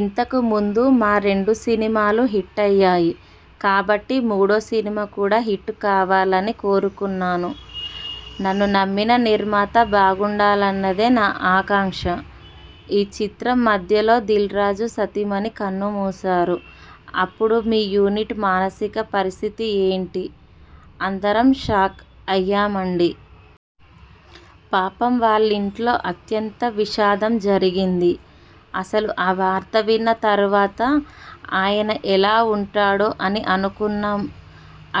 ఇంతకు ముందు మా రెండు సినిమాలు హిట్ అయ్యాయి కాబట్టి మూడో సినిమా కూడా హిట్ కావాలని కోరుకుంటున్నాను. నన్ను నమ్మిన నిర్మాత బావుండాలన్నదే నా ఆకాంక్ష. ఈ చిత్రం మధ్యలో దిల్రాజు సతీమణి కన్నుమూశారు అప్పుడు మీ యూనిట్ మానసిక పరిస్థితి ఏంటి? అందరం షాక్ అయ్యామండీ. పాపం వాళ్లింట్లో అత్యంత విషాదం జరిగింది. అసలు ఆ వార్త విన్న తర్వాత, ఆయన ఎలా ఉంటాడో అని అనుకున్నా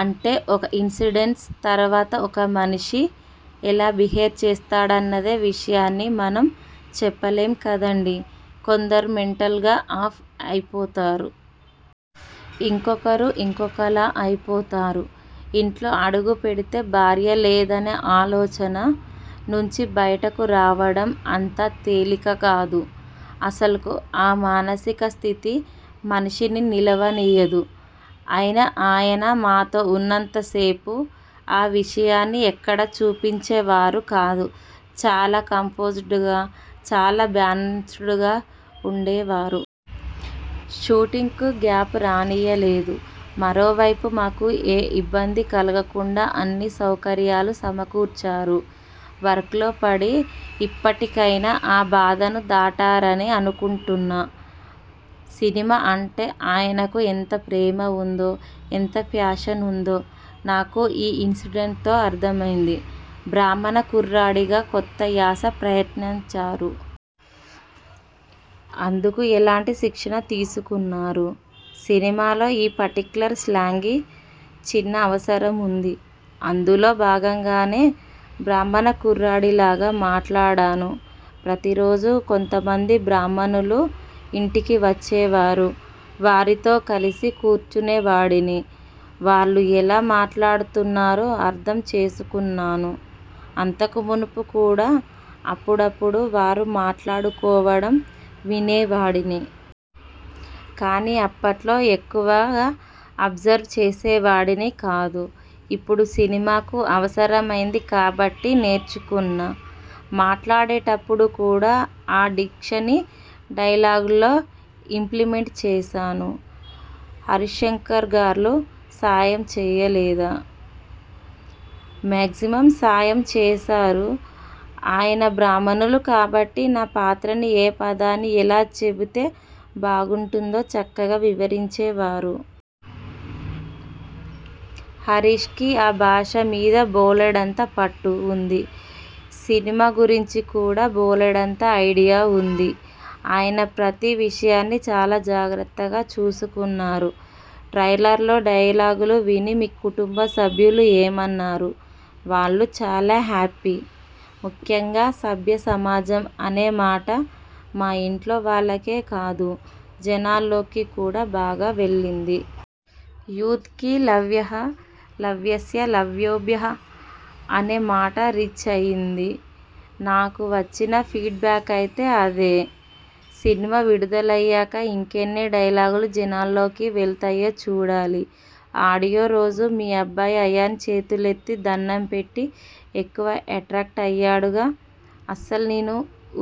అంటే ఒక ఇన్సిడెంట్ తర్వాత ఒక మనిషి ఎలా బిహేవ్ చేస్తాడనే విషయాన్ని మనం చెప్పలేం కదండీ! కొందరు మెంటల్గా ఆఫ్ అయి పోతారు. ఇంకొకరు ఇంకోలా అయిపోతారు. ఇంట్లో అడుగుపెడితే భార్య లేదనే ఆలోచన నుంచి బయటకు రావడం అంత తేలికకాదు. అసలు ఆ మానసిక స్థితి మనిషిని నిలవనీయదు. అయినా ఆయన మాతో ఉన్నంత సేపూ ఆ విషయాన్ని ఎక్కడా చూపించేవారు కాదు. చాలా కంపోజ్డ్గా, చాలా బ్యాలెన్స్డ్గా ఉండేవారు. షూటింగ్కి గ్యాప్ రానీయలేదు. మరో వైపు మాకు ఏ ఇబ్బంది కలగకుండా అన్నీ సౌకర్యాలూ సమకూర్చారు. వర్క్లో పడి, ఇప్పటికైనా ఆ బాధను దాటారనే అనుకుంటున్నా. సినిమా అంటే ఆయనకు ఎంత ప్రేమ ఉందో, ఎంత ప్యాషన్ ఉందో నాకు ఈ ఇన్సిడెంట్తో అర్థమైంది. బ్రాహ్మణ కుర్రాడిగా కొత్త యాస ప్రయత్నించారు. అందుకు ఎలాంటి శిక్షణ తీసుకున్నారు? సినిమాలో ఈ పర్టిక్యులర్ స్లాంగ్కి చిన్న అవసరం ఉంది. అందులో భాగంగానే బ్రాహ్మణ కుర్రాడిలాగా మాట్లాడాను. ప్రతిరోజూ కొంతమంది బ్రాహ్మణులు ఇంటికి వచ్చేవారు. వారితో కలిసి కూర్చునేవాడిని. వాళ్లు ఎలా మాట్లాడుతున్నారో అర్థం చేసుకున్నాను. అంతకుమునుపు కూడా అప్పుడప్పుడూ వారు మాట్లాడుకోవడం వినేవాడిని. కానీ అప్పట్లో ఎక్కువగా అబ్జర్వ్ చేసేవాడిని కాదు. ఇప్పుడు సినిమాకు అవసరమైంది కాబట్టి నేర్చుకున్నా. మాట్లాడేటప్పుడు కూడా ఆ డిక్షన్ని డైలాగ్లో ఇంప్లిమెంట్ చేశాను. హరీశ్శంకర్గారు సాయం చేయలేదా? మేగ్జిమమ్ సాయం చేశారు. ఆయన బ్రాహ్మణులు కాబట్టి నా పాత్ర ఏ పదాన్ని ఎలా చెబితే బావుంటుందో చక్కగా వివరించేవారు. హరీశ్కి ఆ భాష మీద బోలెడంత పట్టు ఉంది. సినిమా గురించి కూడా బోలెడంత ఐడియా ఉంది. ఆయన ప్రతి విషయాన్నీ చాలా జాగ్రత్తగా చూసుకున్నారు. ట్రైలర్లో డైలాగులు విని మీ కుటుంబసభ్యులు ఏమన్నారు? వాళ్లు చాలా హ్యాపీ. ముఖ్యంగా 'సభ్య సమాజం' అనే మాట మా ఇంట్లో వాళ్లకే కాదు జనాల్లోకి కూడా బాగా వెళ్లింది. యూత్కి 'లవ్వః లవ్యస్య లవ్యభ్యో' అనే మాట రీచ్ అయింది. నాకు వచ్చిన ఫీడ్ బ్యాక్ అయితే అదే. సినిమా విడుదలయ్యాక ఇంకెన్ని డైలాగులు జనాల్లోకి వెళ్తాయో చూడాలి. ఆడియో రోజు మీ అబ్బాయి అయాన్ చేతులెత్తి దణ్ణం పెట్టి ఎక్కువ ఎట్రాక్ట్ అయ్యాడుగా! అస్సలు నేను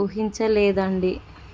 ఊహించలేదండీ.